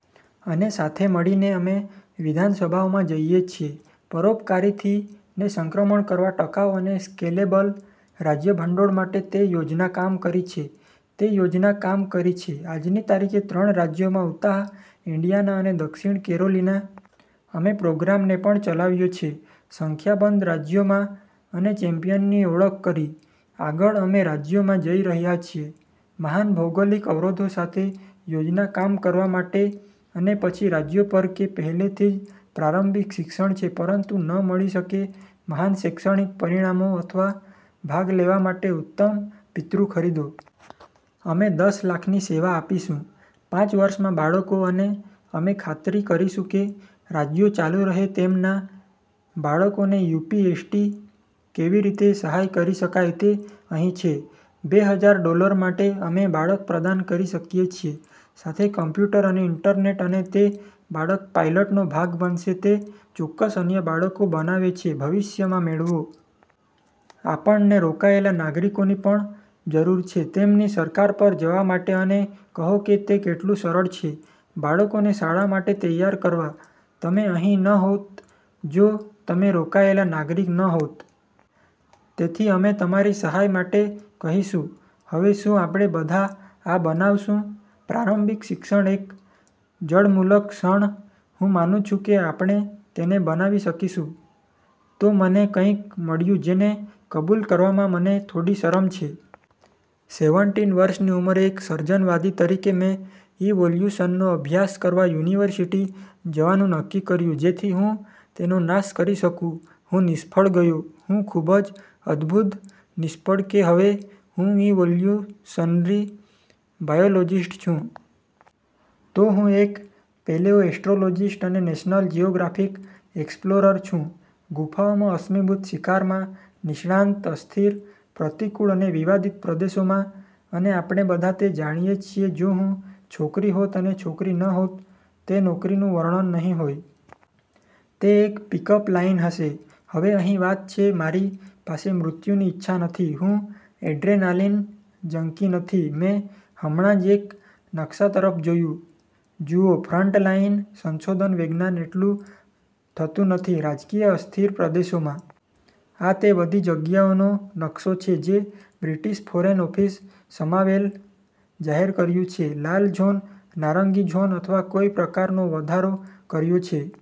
અને સાથે મળીને અમે વિધાનસભાઓમાં જઈએ છીએ પરોપકારીથી ને સંક્રમણ કરવા ટકાઉ અને સ્કેલેબલ રાજ્ય ભંડોળ માટે. તે યોજના કામ કરી છે. તે યોજના કામ કરી છે આજની તારીખે ત્રણ રાજ્યોમાં: ઉતાહ, ઇન્ડિયાના અને દક્ષિણ કેરોલિના. અમે પ્રોગ્રામને પણ ચલાવ્યો છે સંખ્યાબંધ રાજ્યોમાં અને ચેમ્પિયનની ઓળખ કરી. આગળ, અમે રાજ્યોમાં જઈ રહ્યા છીએ મહાન ભૌગોલિક અવરોધો સાથે યોજના કામ કરવા માટે અને પછી રાજ્યો પર કે પહેલેથી જ પ્રારંભિક શિક્ષણ છે પરંતુ ન મળી શકે મહાન શૈક્ષણિક પરિણામો અથવા ભાગ લેવા માટે ઉત્તમ પિતૃ ખરીદો. અમે દસ લાખની સેવા આપીશું પાંચ વર્ષમાં બાળકો અને અમે ખાતરી કરીશું કે રાજ્યો ચાલુ રહે તેમના બાળકોને યુ.પી.એસ.ટી. કેવી રીતે સહાય કરી શકાય તે અહીં છે. બે હજાર ડોલર માટે અમે બાળક પ્રદાન કરી શકીએ છીએ સાથે કમ્પ્યુટર અને ઇન્ટરનેટ અને તે બાળક પાઇલટનો ભાગ બનશે તે ચોક્કસ અન્ય બાળકો બનાવે છે ભવિષ્યમાં મેળવો. આપણને રોકાયેલા નાગરિકોની પણ જરૂર છે તેમની સરકાર પર જવા માટે અને કહો કે તે કેટલું સરળ છે બાળકોને શાળા માટે તૈયાર કરવા. તમે અહીં ન હોત જો તમે રોકાયેલા નાગરિક ન હોત. તેથી અમે તમારી સહાય માટે કહીશું. હવે, શું આપણે બધા આ બનાવશું? પ્રારંભિક શિક્ષણ એક જળમૂલક ક્ષણ? હું માનું છું કે આપણે તેને બનાવી શકીશું. તો મને કંઈક મળ્યું જેને કબૂલ કરવામાં મને થોડી શરમ છે. સેવેનટીન વર્ષની ઉંમરે એક સર્જનવાદી તરીકે, મેં ઇવોલ્યુશનનો અભ્યાસ કરવા યુનિવર્સિટી જવાનું નક્કી કર્યું જેથી હું તેનો નાશ કરી શકું. હું નિષ્ફળ ગયો. હું ખૂબ જ અદભૂત નિષ્ફળ કે હવે હું ઇવોલ્યુશનરી બાયોલોજિસ્ટ છું. તો હું એક પેલેઓએન્ટ્રોપોલોજિસ્ટ અને નેશનલ જિયોગ્રાફિક એક્સપ્લોરર છું. ગુફાઓમાં અશ્મિભૂત શિકારમાં નિષ્ણાત અસ્થિર, પ્રતિકૂળ અને વિવાદિત પ્રદેશોમાં. અને આપણે બધા તે જાણીએ છીએ જો હું છોકરી હોત અને છોકરી ન હોત, તે નોકરીનું વર્ણન નહીં હોય. તે એક પિક-અપ લાઇન હશે. હવે, અહીં વાત છે. મારી પાસે મૃત્યુની ઇચ્છા નથી. હું એડ્રેનાલિન જંકી નથી. મેં હમણાં જ એક નકશા તરફ જોયું. જુઓ, ફ્રન્ટલાઈન સંશોધન વૈજ્ઞાન એટલું થતું નથી રાજકીય અસ્થિર પ્રદેશોમાં. આ તે બધી જગ્યાઓનો નકશો છે જે બ્રિટીશ ફોરેન ઓફિસ સમાવેલ જાહેર કર્યું છે લાલ ઝોન, નારંગી ઝોન અથવા કોઈ પ્રકારનો વધારો કર્યો છે.